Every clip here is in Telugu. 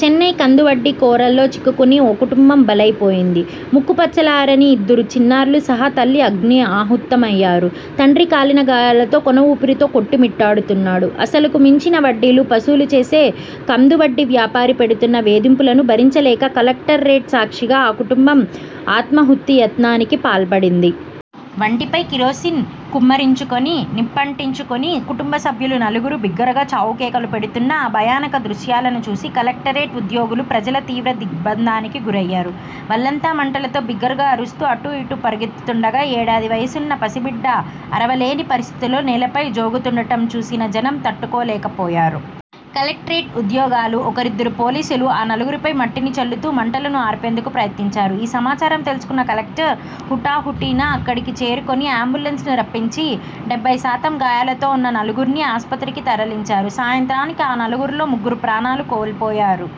చెన్నై కందువడ్డీ కోరల్లో చిక్కుకుని ఓ కుటుంబం బలైపోయింది. ముక్కుపచ్చలారని ఇద్దరు చిన్నారులు సహా తల్లి అగ్ని ఆహుతం అయ్యారు. తండ్రి కాలిన గాయాలతో కొన ఊపిరితో కొట్టు మిట్టాడుతున్నాడు. అసలుకు మించి వడ్డీలు వసూలు చేసే కందువడ్డీ వ్యాపారి పెడుతున్న వేధింపులను భరించలేక కలెక్టరేట్ సాక్షిగా ఆ కుటుంబం ఆత్మాహుతియత్నానికి పాల్పడింది. వంటిపై కిరోసిన్ కుమ్మరించుకుని, నిప్పంటించు కుని కుటుంబ సభ్యులు నలుగురు బిగ్గరగా చావు కేకలు పెడుతున్న ఆ భయానక దృశ్యాలను చూసిన కలెక్టరేట్ ఉద్యోగులు, ప్రజలు తీవ్ర దిగ్ర్భాంతికి గురయ్యారు. వళ్లంతా మంటలతో బిగ్గరగా అరుస్తూ అటూ ఇటూ పరుగెత్తుతుండగా, యేడాది వయస్సున్న పసిబిడ్డ అరవలేని పరిస్థితిలో నేలపై జోగుతుండటం చూసిన జనం తట్టుకోలేకపోయారు. కలెక్టరేట్ ఉద్యోగలు, ఒకరిద్దరు పోలీసులు ఆ నలుగురిపై మట్టిని చల్లుతూ మంటలను ఆర్పేందుకు ప్రయత్నించారు. ఈ సమాచారం తెలుసుకున్న కలెక్టర్ హుటాహుటిన అక్కడికి చేరుకొని అంబులెన్స్ను రప్పించి డెబ్బై శాతం గాయాలతో ఉన్న నలుగురిని ఆస్పత్రికి తరలించారు. సాయంత్రానికి ఆ నలుగురిలో ముగ్గురు ప్రాణాలు కోల్పోయారు.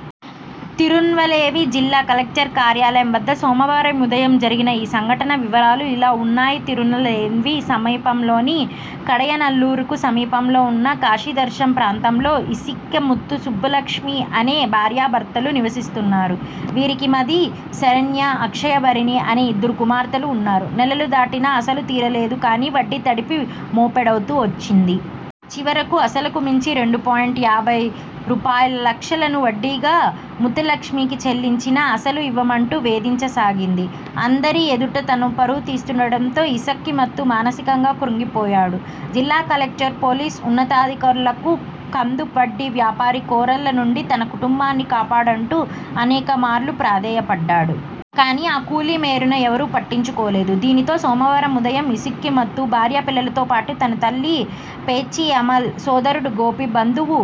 తిరునవలేలి జిల్లా కలెక్టర్ కార్యాలయం వద్ద సోమవారం ఉదయం జరిగిన ఈ సంఘటన వివరాలు ఇలా ఉన్నాయితిరునవలెల్లి సమీపంలోని కడయనల్లూరుకు సమీపంలో వున్న కాశిధర్మం ప్రాంతంలో ఇసక్కిముత్తు, సుబ్బులక్ష్మి అనే భార్యాభర్తలు నివసిస్తున్నారు. వీరికి మది శరణ్య, అక్షయభరణి అనే ఇద్దరు కుమార్తెలు ఉన్నారు. నెలలు దాటినా అసలు తీరలేదు కానీ వడ్డీ తడిపి మోపెడవుతూ వచ్చింది. చివరకు అసలుకు మించి రెండు పాయింట్ యాభై రూపాయలులక్షలను వడ్డీగా ముత్తులక్ష్మికి చెల్లించినా, అసలు ఇవ్వమంటూ వేధించసాగింది. అందరి ఎదుట తన పరువు తీస్తుండటంతో ఇసక్కిముత్తు మానసికంగా క్రుంగిపోయాడు. జిల్లా కలెక్టర్కు, పోలీసు ఉన్నతాధికారులకు కందువడ్డీ వ్యాపారి కోరల్లో నుండి తన కుటుంబాన్ని కాపాడంటూ అనేకమార్లు ప్రాధేయపడ్డాడు. కానీ, ఆ కూలీ మొరను ఎవరూ పట్టించుకోలేదు. దీనితో సోమవారం ఉదయం ఇసక్కిముత్తు, భార్యాపిల్లలతోపాటు తన తల్లి పేచ్చియమ్మాళ్, సోదరుడు గోపి, బంధువు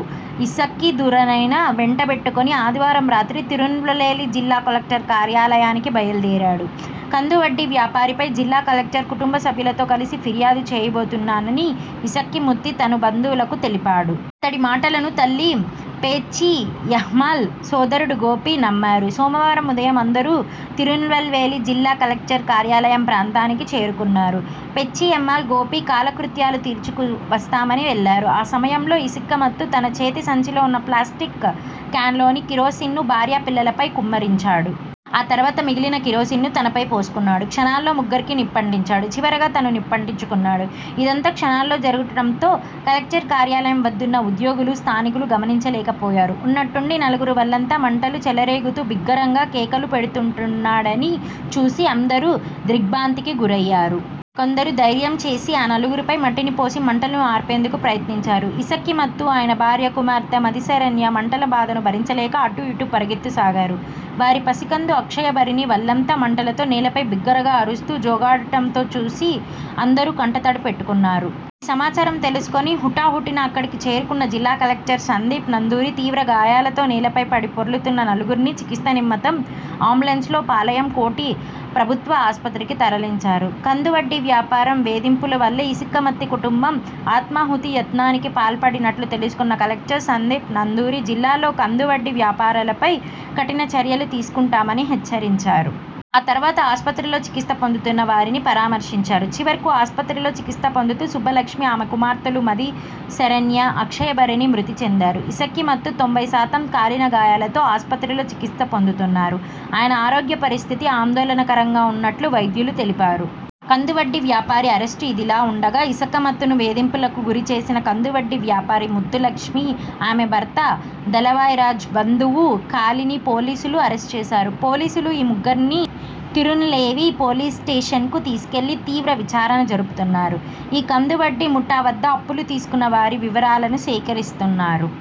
ఇసక్కిదురైను వెంటబెట్టుకుని ఆదివారం రాత్రి తిరునల్వేలి జిల్లా కలెక్టర్ కార్యాలయానికి బయలుదేరాడు. కందువడ్డీ వ్యాపారిపై జిల్లా కలెక్టర్కు కుటుంబసభ్యులతో కలిసి ఫిర్యాదు చేయబోతున్నానని ఇసక్కిముత్తు తన బంధువులకు తెలిపాడు. అతడి మాటలను తల్లి పేచ్చియమ్మాళ్, సోదరుడు గోపి నమ్మారు. సోమవారం ఉదయం అందరూ తిరునల్వేలి జిల్లా కలెక్టర్ కార్యాలయం ప్రాంతానికి చేరుకున్నారు. పేచ్చియమ్మాళ్, గోపీ కాలకృత్యాలు తీర్చుకువస్తామని వెళ్లారు. ఆ సమయంలో ఇసక్కిముత్తు తన చేతి సంచిలో ఉన్న ప్లాస్టిక్ క్యాన్లోని కిరోసిన్ను భార్య, పిల్లలపై కుమ్మరించాడు. ఆ తర్వాత మిగిలిన కిరోసిన్ను తనపై పోసుకున్నాడు. క్షణాలలో ముగ్గురికి నిప్పంటించాడు. చివరగా తనూ నిప్పంటించుకున్నాడు. ఇదంతా క్షణాల్లో జరుగటంతో కలెక్టర్ కార్యాలయం వద్దనున్న ఉద్యోగులు, స్థానికులు గమనించలేకపోయారు. ఉన్నట్టుండి నలుగురు వళ్లంతా మంటలు చెలరేగుతూ బిగ్గరగా కేకలు పెడుతుండటాన్ని చూసి అందరూ దిగ్ర్భాంతికి గురయ్యారు. కొందరు ధైర్యం చేసి ఆ నలుగురిపై మట్టిని పోసి మంటలను ఆర్పేందుకు ప్రయత్నించారు. ఇసక్కిముత్తు, ఆయన భార్య, కుమార్తె మది శరణ్య మంటల బాధను భరించలేక అటూ ఇటూ పరుగెత్తసాగారు. వారి పసికందు అక్షయభరణి వళ్లంతా మంటలతో నేలపై బిగ్గరగా అరుస్తూ జోగాడుతుండటం చూసి అందరూ కంటతడి పెట్టుకున్నారు. ఈ సమాచారం తెలుసుకొని హుటా హుటిన అక్కడికి చేరుకున్న జిల్లా కలెక్టర్ సందీప్ నందూరీ తీవ్రగాయాలతో నేలపై పడిపొర్లుతున్న నలుగురినీ చికిత్స నిమత్తం అంబులెన్స్లో పాళయం కోటి ప్రభుత్వ ఆస్పత్రికి తరలించారు. కందువడ్డీ వ్యాపారి వేధింపుల వల్లే ఇసక్కిముత్తు కుటుంబం ఆత్మాహుతి యత్నానికి పాల్పడినట్లు తెలుసుకున్న కలెక్టర్ సందీప్ నందూరీ జిల్లాలో కందువడ్డీ వ్యాపారులపై కఠిన చర్యలు తీసుకుంటామని హెచ్చరించారు. ఆ తర్వాత ఆస్పత్రిలో చికిత్స పొందుతున్న వారిని పరామర్శించారు. చివరకు ఆస్పత్రిలో చికిత్స పొందుతూ సుబ్బులక్ష్మి, ఆమె కుమార్తెలు మదిశరణ్య, అక్షయభరణి మృతి చెందారు. ఇసక్కి ముత్తు తొంభై శాతం కాలినగాయాలతో ఆస్పత్రిలో చికిత్స పొందుతున్నాడు. ఆయన ఆరోగ్య పరిస్థితి ఆందోళనకరంగా ఉన్నట్లు వైద్యులు తెలిపారు. కందువడ్డీ వ్యాపారి అరెస్టుఇదిలా ఉండగా, ఇసక్కిముత్తును వేధింపులకు గురిచేసిన కందువడ్డీ వ్యాపారి ముత్తులక్ష్మి, ఆమె భర్త దళవాయ్ రాజ్, బంధువు కాళిని పోలీసులు అరెస్టు చేశారు. పోలీసులు ఈ ముగ్గురిని తిరునల్వేలి పోలీసుస్టేషన్కు తీసుకెళ్లి తీవ్ర విచారణ జరుపుతున్నారు. ఈ కందువడ్డీ ముఠా వద్ద అప్పులు తీసుకున్న వారి వివరాలను సేకరిస్తున్నారు.